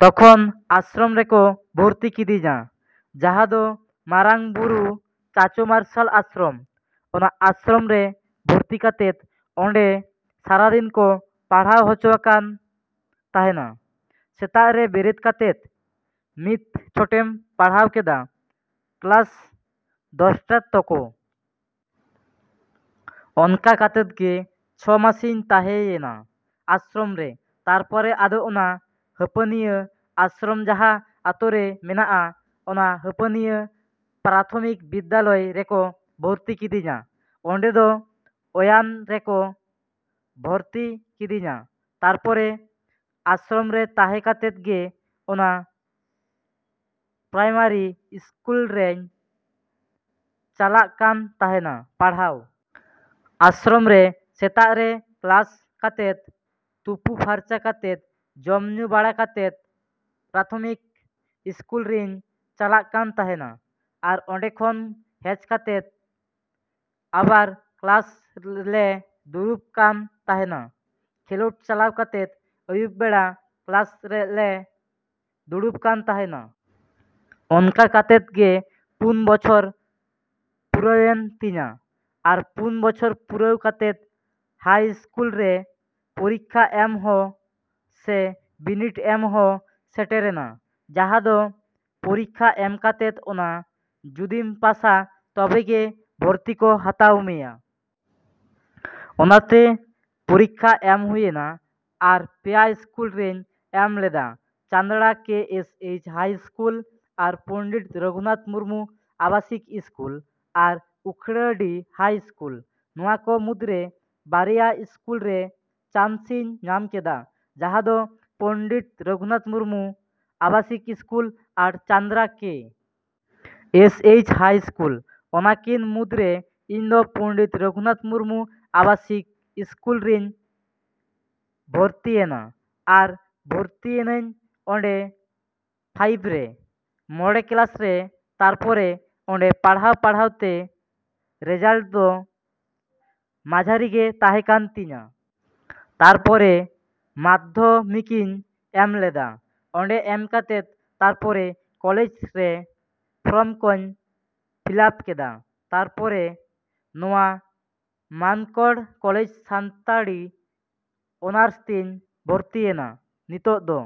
ᱛᱚᱠᱷᱚᱱ ᱟᱥᱨᱚᱢ ᱨᱮᱠᱚ ᱵᱷᱚᱨᱛᱤ ᱠᱤᱫᱤᱧᱟ, ᱡᱟᱦᱟᱸ ᱫᱚ ᱢᱟᱨᱟᱝᱵᱩᱨᱩ ᱪᱟᱪᱳ ᱢᱟᱨᱥᱟᱞ ᱟᱥᱨᱚᱢ᱾ ᱚᱱᱟ ᱟᱥᱨᱚᱢ ᱨᱮ ᱵᱷᱚᱨᱛᱤ ᱠᱟᱛᱮᱫ ᱚᱸᱰᱮ ᱥᱟᱨᱟ ᱫᱤᱱ ᱠᱚ ᱯᱟᱲᱦᱟᱣ ᱦᱚᱪᱚ ᱟᱠᱟᱱ ᱛᱟᱦᱮᱱᱟ᱾ ᱥᱮᱛᱟᱜ ᱨᱮ ᱵᱮᱨᱮᱫ ᱠᱟᱛᱮᱫ ᱢᱤᱫ ᱪᱷᱚᱴᱮᱢ ᱯᱟᱲᱦᱟᱣ ᱠᱮᱫᱟ, ᱠᱞᱟᱥ ᱫᱚᱥᱴᱟ ᱛᱚᱠᱚ᱾ ᱚᱱᱠᱟ ᱠᱟᱛᱮᱫ ᱜᱮ ᱪᱷᱚ ᱢᱟᱥᱤᱧ ᱛᱟᱦᱮᱸᱭ ᱮᱱᱟ ᱟᱥᱨᱚᱢ ᱨᱮ᱾ ᱛᱟᱨᱯᱚᱨᱮ ᱟᱫᱚ ᱚᱱᱟ ᱦᱟᱹᱯᱟᱹᱱᱤᱭᱟᱹ ᱟᱥᱨᱚᱢ ᱡᱟᱦᱟᱸ ᱟᱛᱳ ᱨᱮ ᱢᱮᱱᱟᱜᱼᱟ, ᱚᱱᱟ ᱦᱟᱹᱯᱟᱹᱱᱤᱭᱟᱹ ᱯᱨᱟᱛᱷᱚᱢᱤᱠ ᱵᱤᱫᱽᱫᱟᱞᱚᱭ ᱨᱮᱠᱚ ᱵᱷᱚᱨᱛᱤ ᱠᱤᱫᱤᱧᱟ᱾ ᱚᱸᱰᱮ ᱫᱚ ᱚᱣᱟᱱ ᱨᱮᱠᱚ ᱵᱷᱚᱨᱛᱤ ᱠᱤᱫᱤᱧᱟ᱾ ᱛᱟᱨᱯᱚᱨᱮ ᱟᱥᱨᱚᱢ ᱨᱮ ᱛᱟᱦᱮᱸ ᱠᱟᱛᱮᱫ ᱜᱮ ᱚᱱᱟ ᱯᱨᱟᱭᱢᱟᱨᱤ ᱥᱠᱩᱞ ᱨᱤᱧ ᱪᱟᱞᱟᱜ ᱠᱟᱱ ᱛᱟᱦᱮᱱᱟ ᱯᱟᱲᱦᱟᱣ᱾ ᱟᱥᱨᱚᱢ ᱨᱮ ᱥᱮᱛᱟᱜ ᱨᱮ ᱠᱞᱟᱥ ᱠᱟᱛᱮᱫ, ᱛᱩᱯᱩ ᱯᱷᱟᱨᱪᱟ ᱠᱟᱛᱮᱫ, ᱡᱚᱢ ᱧᱩ ᱵᱟᱲᱟ ᱠᱟᱛᱮᱫ ᱯᱨᱟᱛᱷᱚᱢᱤᱠ ᱤᱥᱠᱩᱞ ᱨᱤᱧ ᱪᱟᱞᱟᱜ ᱠᱟᱱ ᱛᱟᱦᱮᱱᱟ᱾ ᱟᱨ ᱚᱸᱰᱮ ᱠᱷᱚᱱ ᱦᱮᱡ ᱠᱟᱛᱮᱫ ᱟᱵᱟᱨ ᱠᱞᱟᱥ ᱞᱮ ᱫᱩᱲᱩᱵ ᱠᱟᱱ ᱛᱟᱦᱮᱱᱟ᱾ ᱠᱷᱮᱞᱳᱰ ᱪᱟᱞᱟᱣ ᱠᱟᱛᱮᱫ ᱟᱹᱭᱩᱵ ᱵᱮᱲᱟ ᱠᱞᱟᱥ ᱞᱮ ᱫᱩᱲᱩᱵ ᱠᱟᱱ ᱛᱟᱦᱮᱱᱟ᱾ ᱚᱱᱠᱟ ᱠᱟᱛᱮᱫ ᱜᱮ ᱯᱩᱱ ᱵᱚᱪᱷᱚᱨ ᱯᱩᱨᱟᱹᱣᱮᱱ ᱛᱤᱧᱟ᱾ ᱟᱨ ᱯᱩᱱ ᱵᱚᱪᱷᱚᱨ ᱯᱩᱨᱟᱹᱣ ᱠᱟᱛᱮᱫ ᱦᱟᱭ ᱤᱥᱠᱩᱞ ᱨᱮ ᱯᱚᱨᱤᱠᱠᱷᱟ ᱮᱢ ᱦᱚᱸ ᱥᱮ ᱵᱤᱱᱤᱰ ᱮᱢ ᱦᱚᱸ ᱥᱮᱴᱮᱨᱮᱱᱟ, ᱡᱟᱦᱟᱸ ᱫᱚ ᱯᱚᱨᱤᱠᱠᱷᱟ ᱮᱢ ᱠᱟᱛᱮᱫ ᱚᱱᱟ ᱡᱩᱫᱤᱢ ᱯᱟᱥᱟ ᱛᱚᱵᱮ ᱜᱮ ᱵᱷᱚᱨᱛᱤ ᱠᱚ ᱦᱟᱛᱟᱣ ᱢᱮᱭᱟ, ᱾ ᱚᱱᱟᱛᱮ ᱯᱚᱨᱤᱠᱠᱷᱟ ᱮᱢ ᱦᱩᱭ ᱮᱱᱟ᱾ ᱟᱨ ᱯᱮᱭᱟ ᱤᱥᱠᱩᱞ ᱨᱤᱧ ᱮᱢ ᱞᱮᱫᱟ Chandra K. S. H. High school, ᱟᱨ ᱯᱚᱱᱰᱤᱛ ᱨᱩᱜᱷᱩᱱᱟᱛᱷ ᱢᱩᱨᱢᱩ ᱟᱵᱟᱥᱤᱠ ᱤᱥᱠᱩᱞ, ᱟᱨ ᱩᱠᱷᱲᱟᱹᱰᱤ ᱦᱟᱭ ᱤᱥᱠᱩᱞ᱾ ᱱᱚᱣᱟ ᱠᱚ ᱢᱩᱫᱽᱨᱮ ᱵᱟᱨᱭᱟ ᱤᱥᱠᱩᱞ ᱨᱮ ᱪᱟᱱᱥᱤᱧ ᱧᱟᱢ ᱠᱮᱫᱟ, ᱡᱟᱦᱟᱸ ᱫᱚ ᱯᱚᱱᱰᱤᱛ ᱨᱚᱜᱷᱩᱱᱟᱛᱷ ᱢᱩᱨᱢᱩ ᱟᱵᱟᱥᱤᱠ ᱤᱥᱠᱩᱞ ᱟᱨ Chandra K. S. H. High school. ᱚᱱᱟ ᱠᱤᱱ ᱢᱩᱫᱽᱨᱮ ᱤᱧ ᱫᱚ ᱯᱚᱱᱰᱤᱛ ᱨᱩᱜᱷᱩᱱᱟᱛᱷ ᱢᱩᱨᱢᱩ ᱟᱵᱟᱥᱤᱠ ᱤᱥᱠᱩᱞ ᱨᱤᱧ ᱵᱷᱚᱨᱛᱤᱭᱮᱱᱟ᱾ ᱟᱨ ᱵᱷᱚᱨᱛᱤᱭᱮᱱᱟᱹᱧ ᱚᱸᱰᱮ ᱯᱷᱟᱭᱤᱵᱷ ᱨᱮ, ᱢᱚᱬᱮ ᱠᱞᱟᱥ ᱨᱮ᱾ ᱛᱟᱨᱯᱚᱨᱮ ᱚᱸᱰᱮ ᱯᱟᱲᱦᱟᱣᱼᱯᱟᱲᱦᱟᱣᱛᱮ ᱨᱮᱡᱟᱞᱴ ᱫᱚ ᱢᱟᱡᱷᱟᱨᱤ ᱜᱮ ᱛᱟᱦᱮᱸ ᱠᱟᱱ ᱛᱤᱧᱟ᱾ ᱛᱟᱨᱯᱚᱨᱮ ᱢᱟᱫᱽᱫᱷᱚ ᱢᱤᱠᱤᱧ ᱮᱢ ᱞᱮᱫᱟ᱾ ᱚᱸᱰᱮ ᱮᱢ ᱠᱟᱛᱮᱫ ᱛᱟᱨᱯᱚᱨᱮ ᱠᱚᱞᱮᱡᱽ ᱨᱮ ᱯᱷᱚᱨᱚᱢ ᱠᱚᱧ ᱯᱷᱤᱞᱟᱯ ᱠᱮᱫᱟ᱾ ᱛᱟᱨᱯᱚᱨᱮ ᱱᱚᱣᱟ ᱢᱟᱱᱠᱚᱲ ᱠᱚᱞᱮᱡᱽ ᱥᱟᱱᱛᱟᱲᱤ ᱚᱱᱟᱨᱥ ᱛᱤᱧ ᱵᱷᱚᱨᱛᱤᱭᱮᱱᱟ ᱱᱤᱛᱚᱜ ᱫᱚ᱾